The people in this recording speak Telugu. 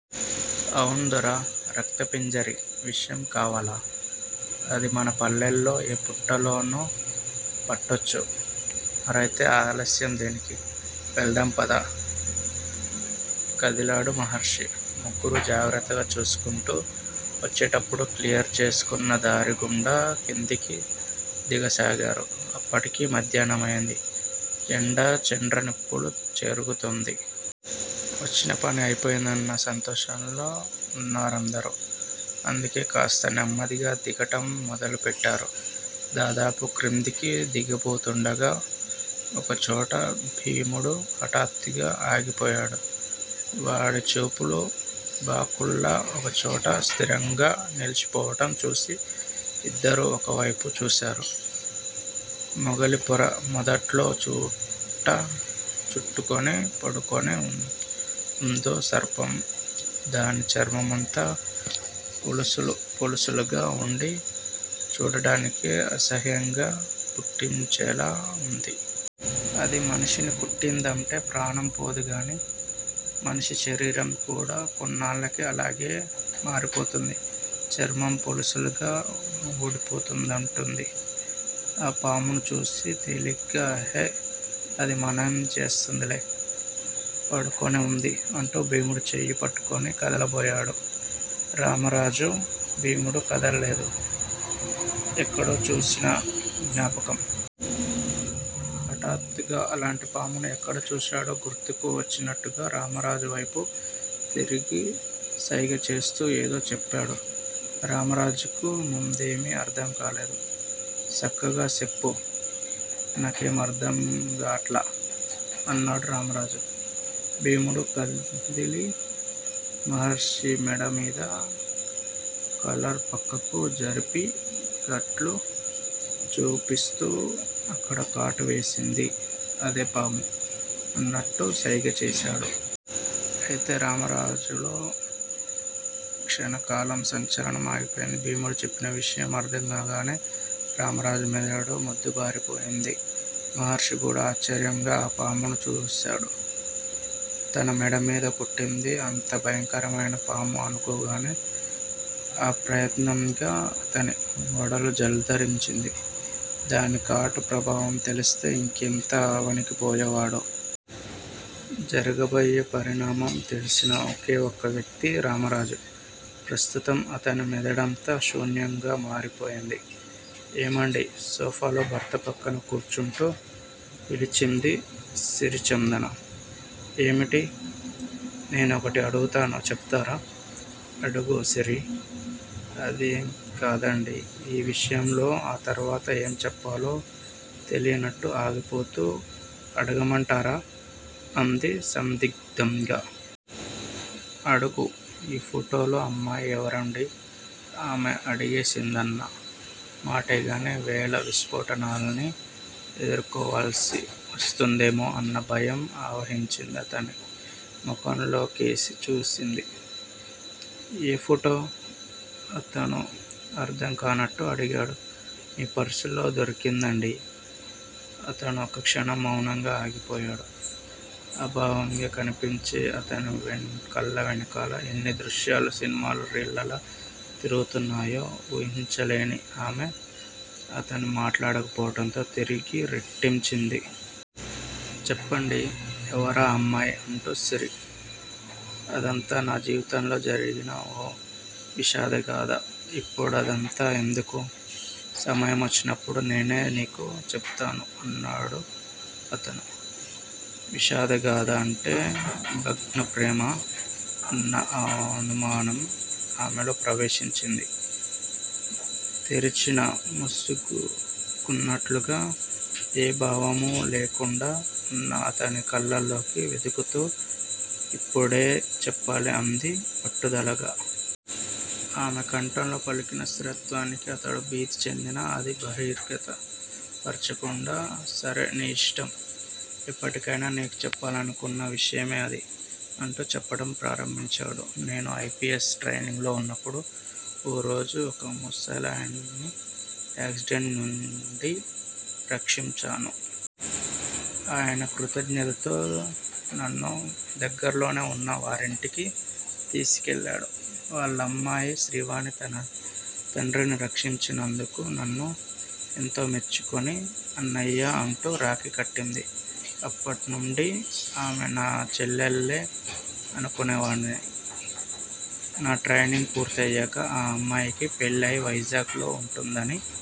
అవున్దొరా. రక్తపింజరి విషం కావాల. అది మన పల్లెలో ఏ పుట్టలోనో పట్టొచ్చు. మరయితే ఆలస్యం దేనికి? వెళదాం పద! కదిలాడు మహర్షి. ముగ్గురూ జాగ్రత్తగా చూసుకుంటూ వచ్చేటప్పుడు క్లియర్ చేసుకున్న దారిగుండా కిందికి దిగసాగారు. అప్పటికి మధ్యాహ్నమైంది. ఎండ చెండ్రనిప్పులు చెరుగుతుం ది. వచ్చినపని అయిపోయిందన్న సంతోషంలో ఉన్నారందరూ. అందుకే కాస్త నెమ్మదిగా దిగటం మొదలు పెట్టారు. దాదాపు క్రిందికి దిగబోతుండగా ఒకచోట భీముడు హఠాత్తుగా ఆగిపోయాడు. వాడి చూపులు బాకుల్లా ఒకచోట స్థిరంగా నిల్చిపోవటం చూసి ఇద్దరూ ఒక వైపు చూసారు. మొగలిపొర మొదట్లో చుట్ట చుట్టుకుని పడుకుని వుం వుందో సర్పం దాని చర్మమంతా పొలుసులు పొలుసులుగా వుండి చూడటానికి అసహ్యంగ పుట్టించేలా వుంది. అది మనిషిని కుట్టిందంటే ప్రాణం పోదుగానీ మనిషి శరీరం కూడా కొన్నాళ్ళకి అలాగే మారిపోతుంది చర్మం పొలుసులుగా ఊడిపోతూం దంటుంది. ఆ పామును చూసి తేలిగ్గా ఎహే! అది మన్నేం సేయదులే. పడుకుని వుంది అంటూ భీముడి చెయ్యి పట్టుకుని కదలబోయాడు రామరాజు. భీముడు కదలలేదు. ఎక్కడో చూసిన జ్ఞాపకం. హఠాత్తుగా అలాంటి పాముని ఎక్కడ చూశాడో గుర్తుకు వచ్చినట్లుగా రామరాజు వైపు తిరిగి సైగచేస్తూ ఏదో చెప్పాడు. రామరాజుకు ముందేమీ అర్థంకాలేదు. సక్కగా సెప్పు. నాకేం అర్థంగాటల్లా అన్నాడు రామరాజు. భీముడు కదిలి మహర్షి మెడమీద కలర్ పక్కకు జరిపి గట్లు చూపిస్తూ అక్కడ కాటు వేసింది అదే పాము అన్నట్టు సైగ చేశాడు. అంతే! రామరాజులో క్షణకాలం సంచలనం ఆగిపోయింది. భీముడు చెప్పిన విషయం అర్థంకాగానే రామరాజు మెదడు మొద్దుబారిపోయింది. మహర్షి కూడా ఆశ్చర్యంగా ఆ పామును చూసాడు. తన మెడమీద కుట్టింది అంత భయంకరమైన పాము అనుకోగానే ఆప్రయత్నంగా అతని ఒడలు జలదరించింది. దాని కాటు ప్రభావం తెలిస్తే ఇంకెంత వణికిపోయేవాడో?! జరగబోయే పరిణామం తెలిసిన ఒకే ఒక వ్యక్తి రామరాజు. ప్రస్తుతం అతని మెదడంతా శూన్యంగా మారిపోయింది. ఏమండీ! సోఫాలో భర్త ప్రక్కన కూర్చుంటూ పిలిచింది సిరిచందన. ఏమిటీ! నేనొకటి అడుగుతాను చెబుతారా? అడుగు సిరీ అదికాదండీ ఈ విషయంలో ఆ తర్వాత ఏం చెప్పాలో తెలీనట్టు ఆగిపోతూ అడగమంటారా అంది సందిగ్ధంగా. అడుగు ఈ ఫోటోలో అమ్మాయి ఎవరండీ? ఆమె అడిగేసిందన్న మాటేగాని వేల విస్ఫోటనాల్ని ఎదుర్కోవాల్సి వస్తుందేమో అన్న భయం ఆవహించి అతని ముఖంలోకి చూసింది. ఏ ఫోటో? అతను అర్థంకానట్టు అడిగాడు. మీ పర్సులో దొరికిందండీ! అతను ఒక్కక్షణం మౌనంగా అయిపోయాడు. అభావంగా కనిపించే అతని కళ్ళవెనుక ఎన్ని దృశ్యాలు సినిమా రీళ్ళలా తిరుగుతున్నాయో ఊహించలేని ఆమె అతను మాట్లాడకపోవటంతో తిరిగి రెట్టించింది. చెప్పండి. ఎవరా అమ్మాయి అంటూ. సిరి! అదంతా నా జీవితంలో జరిగిన ఓ విషాదగాథ. ఇప్పుడదంతా ఎందుకు? సమయమొచ్చినప్పుడు నేనే నీకు చెబుతాను అన్నాడతను. విషాదగాథ అంటే భగ్న ప్రేమ అన్న అనుమానం ఆమెలో ప్రవేశించింది. తెరిచినా మూసుకున్నట్లుగా ఏ భావమూ లేకుండా ఉన్న అతని కళ్ళల్లోకి వెదుకుతూ ఇప్పుడే చెప్పాలి అంది పట్టుదలగా. ఆమె కంఠంలో పలికిన స్థిరత్వానికి అతడు భీతిచెందినా అది బహిర్గత పరచకుండా సరే నీ ఇష్టం. ఎప్పటికయినా నీకు చెప్పాలనుకున్న విషయమే ఇది అంటూ చెప్పటం ప్రారంభించాడు. నేను ఐ పి ఎస్ ట్రైనింగ్ లో ఉన్నప్పుడు ఓ రోజు ఒక ముసలాయన్ని యాక్సిడెంట్ నుండి రక్షించాను. ఆయన కృతజ్ఞతతో నన్ను దగ్గర్లోనే వున్న వారింటికి తీసుకెళ్ళాడు. వాళ్ళమ్మాయి శ్రీవాణి తన తండ్రిని రక్షించినందుకు నన్ను ఎంతో మెచ్చుకుని అన్నయ్యా అంటూ రాఖీ కట్టింది. అప్పటినుండి ఆమె నా చెల్లెలే అనుకునేవాడిని. నా ట్రైనింగ్ పూర్తయ్యాక ఆ అమ్మాయికి పెళ్ళై వైజాగ్ లో ఉంటుందని